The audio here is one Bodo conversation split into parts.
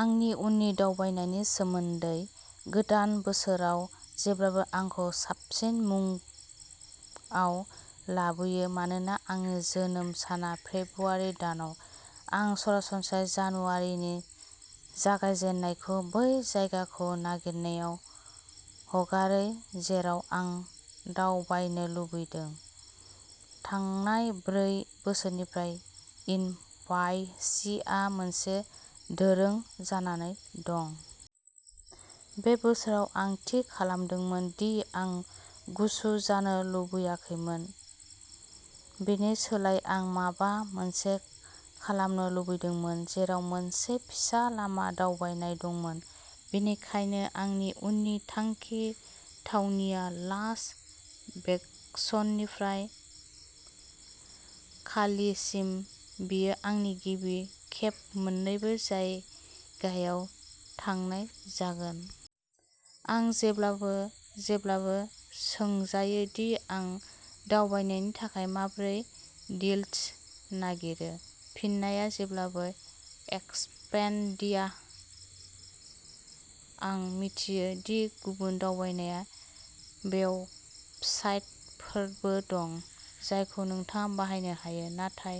आंनि उननि दावबायनायनि सोमोन्दै। गोदान बोसोरआ जेब्लाबो आंखौ साबसिन मुडआव लाबोयो मानोना आंनि जोनोम साना फेब्रुआरि दानाव। आं सरासनस्रायै जानुवारिनि जागायजेन्नायखौ बै जायगाखौ नागिरनायाव हगारो जेराव आं दावबायनो लुबैदों। थांनाय ब्रै बोसोरनिफ्राय एन वाइ सि आ मोनसे दोरों जानानै दं। बे बोसोराव आं थि खालामदोंमोन दि आं गुसु जानो लुबैयाखैमोन। बेनि सोलायै आं माबा मोनसे खालामनो लुबैदोंमोन जेराव मोनसे फिसा लामा दावबायनाय दंमोन। बेनिखायनो आंनि उननि थांखि थावनिया लास भेगासनिफ्राय कालीसिम, बेयो आंनि गिबि खेब मोन्नैबो जायगायाव थांनाय जागोन। आं जेब्लाबो जेब्लाबो सोंजायो दि आं दावबायनायनि थाखाय माबोरै डील्स नागिरो। फिननाया जेब्लाबो, एक्सपेडिया आं मिथियो दि गुबुन दावबायनाय वेबसाइटफोरबो दं जायखौ नोंथाङा बाहायनो हायो, नाथाय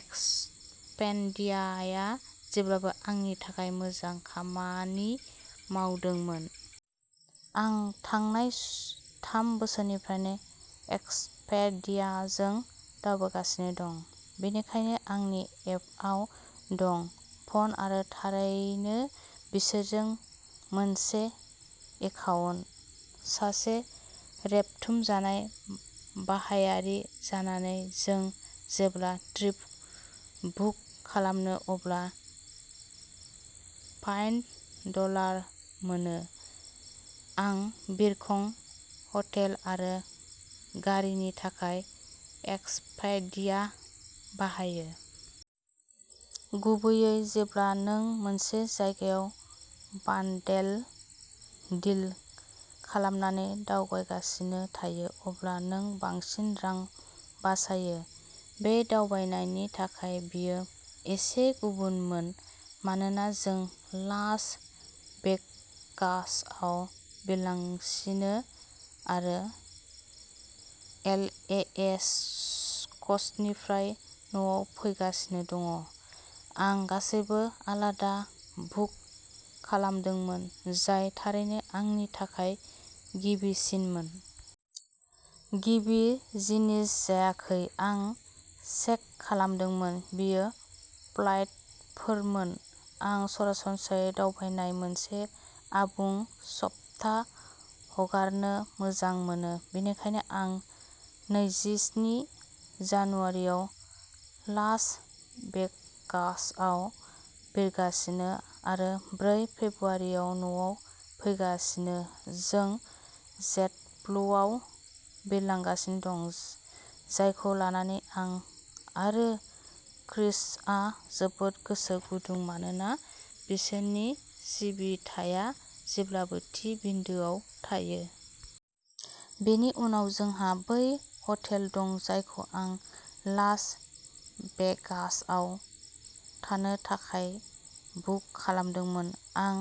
एक्सपेडियाया जेब्लाबो आंनि थाखाय मोजां खामानि मावदोंमोन। आं थांनाय थाम बोसोरनिफ्राय एक्सपेडियाजों दावबायगासिनो दं। बेनिखायनो आंनि एपआव दं। फ'न आरो थारैनो बिसोरजों मोनसे एकाउन्ट। सासे रेबथुमजानाय बाहायगिरि जानानै नों जेब्ला ट्रिप बुक खालामो अब्ला पइन्ट डलार मोनो। आं बिरखं, हटेल आरो गारिनि थाखाय एक्सपेडिया बाहायो। गुबैयै, जेब्ला नों मोनसे जायगायाव बान्डेल डिल खालामनानै दावबायगासिनो थायो, अब्ला नों बांसिन रां बासायो। बे दावबायनायनि थाखाय बेयो एसे गुबुनमोन मानोना जों लास भेगासआव बिरगासिनो आरो एलएएक्सनिफ्राय न'आव फैगासिनो दं। आं गासैबो आलादा बुक खालामनांदोंमोन, जाय थारैनो आंनि थाखाय गिबिसिनमोन। गिबि जिनिस जायखौ आं चेक खालामदोंमोन बेयो फ्लाइटफोरमोन। आं सरासनस्रायै दावबायनायाव मोनसे आबुं सप्ता हगारनो मोजां मोनो। बेनिखायनो आं नैजिस्नि जानुवारिआव लास भेगासआव बिरगासिनो आरो ब्रै फेब्रुआरिआव न'आव फैगासिनो। जों जेटब्लुआव बिरगासिनो दं, जायखौ लानानै आं आरो क्रिसआ जोबोद गोसो गुदुं मानोना बिसोरनि सिबिथाया जेब्लाबो थि बिन्दोआव थायो। बेनि उनाव, जोंहा बै हटेल दं जायखौ आं लास भेगासआव थानो थाखायल'बुक खालामदोंमोन। आं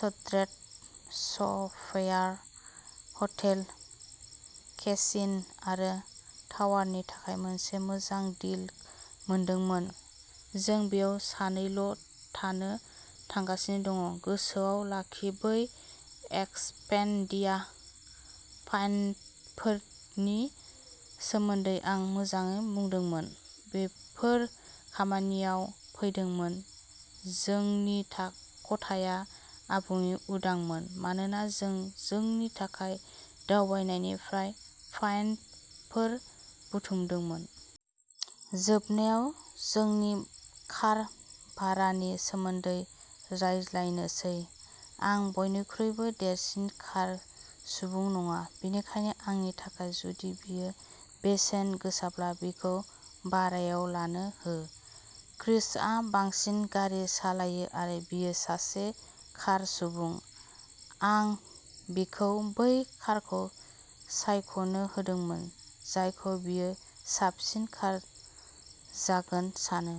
स्ट्रेट'स्फेयर हटेल, केसिन' आरो टावारनि थाखाय मोनसे मोजां डील मोनदोंमोन, जों बेयाव साननैल' थानो थांगासिनो दं। गोसोआव लाखि बै एक्सपेडिया पइन्टफोरनि सोमोन्दै आं मोजाङै बुंदोंमोन, बेफोर खामानियाव फैदोंमोन जोंनि खथाया आबुङै उदांमोन, मानोना जों जोंनि थांनाय दावबायनायनिफ्राय पइन्टफोर बुथुमदोंमोन। जोबनायाव, जोंनि कार भारानि सोमोन्दै रायज्लायनोसै। आं बयनिख्रुइबो देरसिन कार सुबुं नङा, बेनिखायनो आंनि थाखाय जुदि बेयो बेसेन गोसाब्ला बेखौ भारायाव लानो हो। क्रिसआ बांसिन गारि सालायो आरो बियो सासे कार सुबुं। आं बिखौ बै कारखौ सायख'नो होदोंमोन जायखौ बियो साबसिन कार जागोन सानो।